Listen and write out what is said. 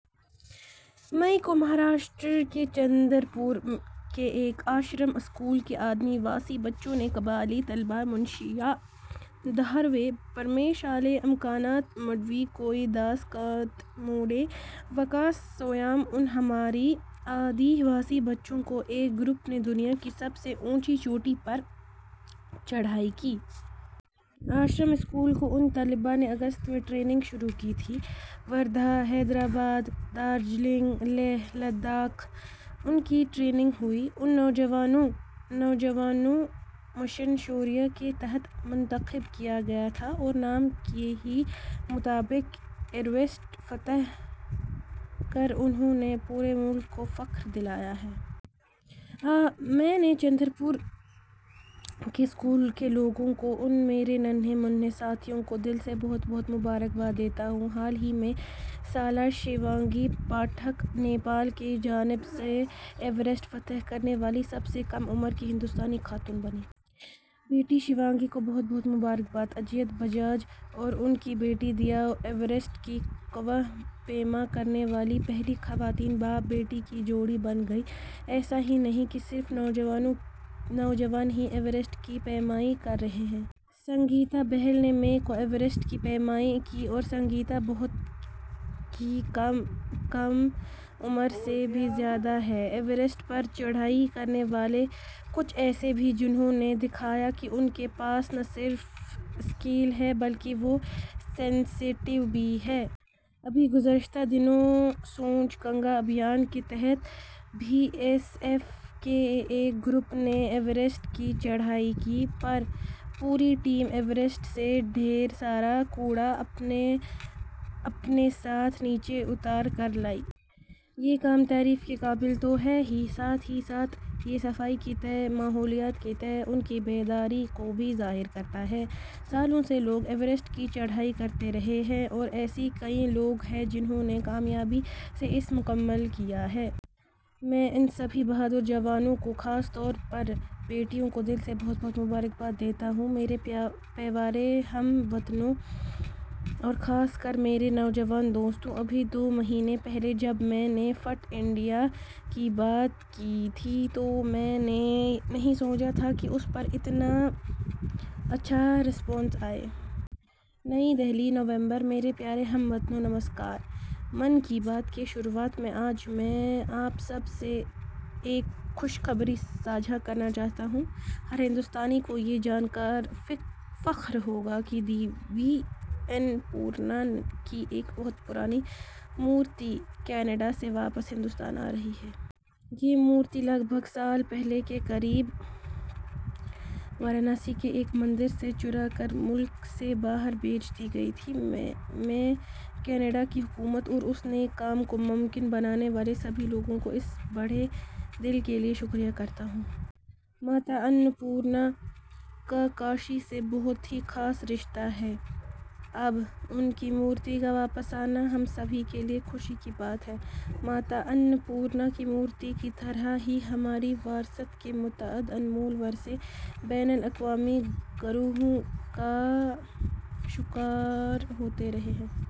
مئی کو مہاراشٹر کے چندر پور کے ایک آشرم- اسکول کے آدی واسی بچوں نے قبائلی طلبا – منیشا دھروے، پرمیش آلے، اماکانت مڈوی، کوی داس کاتموڑے، وکاس سویام – ان ہمارے آدی واسی بچوں کے ایک گروپ نے دنیا کی سب سے اونچی چوٹی پر چڑھائی کی۔ آشرم اسکول کے ان طلبا نے اگست میں ٹریننگ شروع کی تھی۔ وردھا، حیدرآباد، دارجلنگ، لیہہ ، لداخ – ان کی ٹریننگ ہوئی۔ ان نوجوانوںکو مشن شوریہ کے تحت منتخب کیا گیا تھا اور نام کے ہی مطابق ایوریسٹ فتح کر انہوں نے پورے ملک کو فخر دلایا ہے۔ میں چندر پور کے اسکول کے لوگوں کو ان میرے ننھے منھے ساتھیوں کو، دل سے بہت بہت مبارکباد دیتا ہوں۔ حال ہی میں سالہ شیوانگی پاٹھک ، نیپال کی جانب سے ایوریسٹ فتح کرنے والی سب سے کم عمر کی ہندوستانی خاتون بنی۔ بیٹی شیوانگی کو بہت بہت مبارکباد۔ اجیت بجاج اور ان کی بیٹی دیا ایوریسٹ کی کوہ پیما کرنے والی پہلی خواتین باپ بیٹی کی جوڑی بن گئی۔ ایسا ہی نہیں کہ صرف نوجوان ہی ایوریسٹ کی پیمائی کر رہے ہیں۔ سنگیتا بہل نے مئی کو ایوریسٹ کی پیمائی کی اور سنگیتا بہت کی عمر سے بھی زیادہ ہے۔ ایوریسٹ پر چڑھائی کرنے والے کچھ ایسے بھی ہیں، جنہوں نے دکھایا کہ ان کے پاس نہ صرف اسکیل ہے بلکہ وہ سینسٹیو بھی ہیں۔ ابھی گزشتہ دنوں سوچھ گنگا ابھیان کے تحت بی ایس ایف کے ایک گروپ نے ایوریسٹ کی چڑھائی کی، پر پوری ٹیم ایوریسٹ سے ڈھیر سارا کوڑا اپنے اپنے ساتھ نیچے اتار کر لائی۔ یہ کام تعریف کے قابل تو ہے ہی، ساتھ ہی ساتھ یہ صفائی کے تئیں، ماحولیات کے تئیں ان کی بیداری کو بھی ظاہر کرتا ہے۔ سالوں سے لوگ ایوریسٹ کی چڑھائی کرتے رہے ہیں اور ایسے کئی لوگ ہیں، جنہوں نے کامیابی سے اسے مکمل کیا ہے۔ میں ان سبھی بہادر جوانوں کو، خاص طور پر بیٹیوں کو دل سے بہت بہت مبارکباد دیتا ہوں۔ میرے پیوارے ہم وطنوں اور خاص کر میرے نوجوان دوستوں۔ ابھی دو مہینے پہلے جب میں نے فٹ انڈیا کی بات کی تھی تو میں نے نہیں سوچا تھا کہ اس پر اتنا اچھا رسپانس آئے. نئی دہلی: نومبر،: میرے پیارے ہم وطنو، نمسکار۔ 'من کی بات' کی شروعات میں آج میں، آپ سب کے ساتھ ایک خوشخبری ساجھا کرنا چاہتا ہوں۔ ہر ہندوستانی کو یہ جانکر فخر ہوگا کہ دیوی انّ پورناکی ایک بہت پرانی مورتی، کینیڈا سے واپس ہندوستان آرہی ہے۔ یہ مورتی لگ بھگ سال پہلے، کے قریب، وارانسی کے ایک مندر سے چرا کر ملک سے باہر بھیج دی گئی تھی۔ میں، کینیڈا کی حکومت اور اس نیک کام کو ممکن بنانے والے سبھی لوگوں کا اس بڑے دل کیلئے شکریہ ادا کرتا ہوں۔ ماتا انّ پورنا کا کاشی سے بہت ہی خاص رشتہ ہے۔ اب، ان کی مورتی کا واپس آنا، ہم سبھی کیلئے خوشی کی بات ہے۔ ماتا انّ پورنا کی مورتی کی طرح ہی ہماری وراثت کے متعدد انمول ورثے بین الاقوامی گروہوں کا شکار ہوتے رہے ہیں۔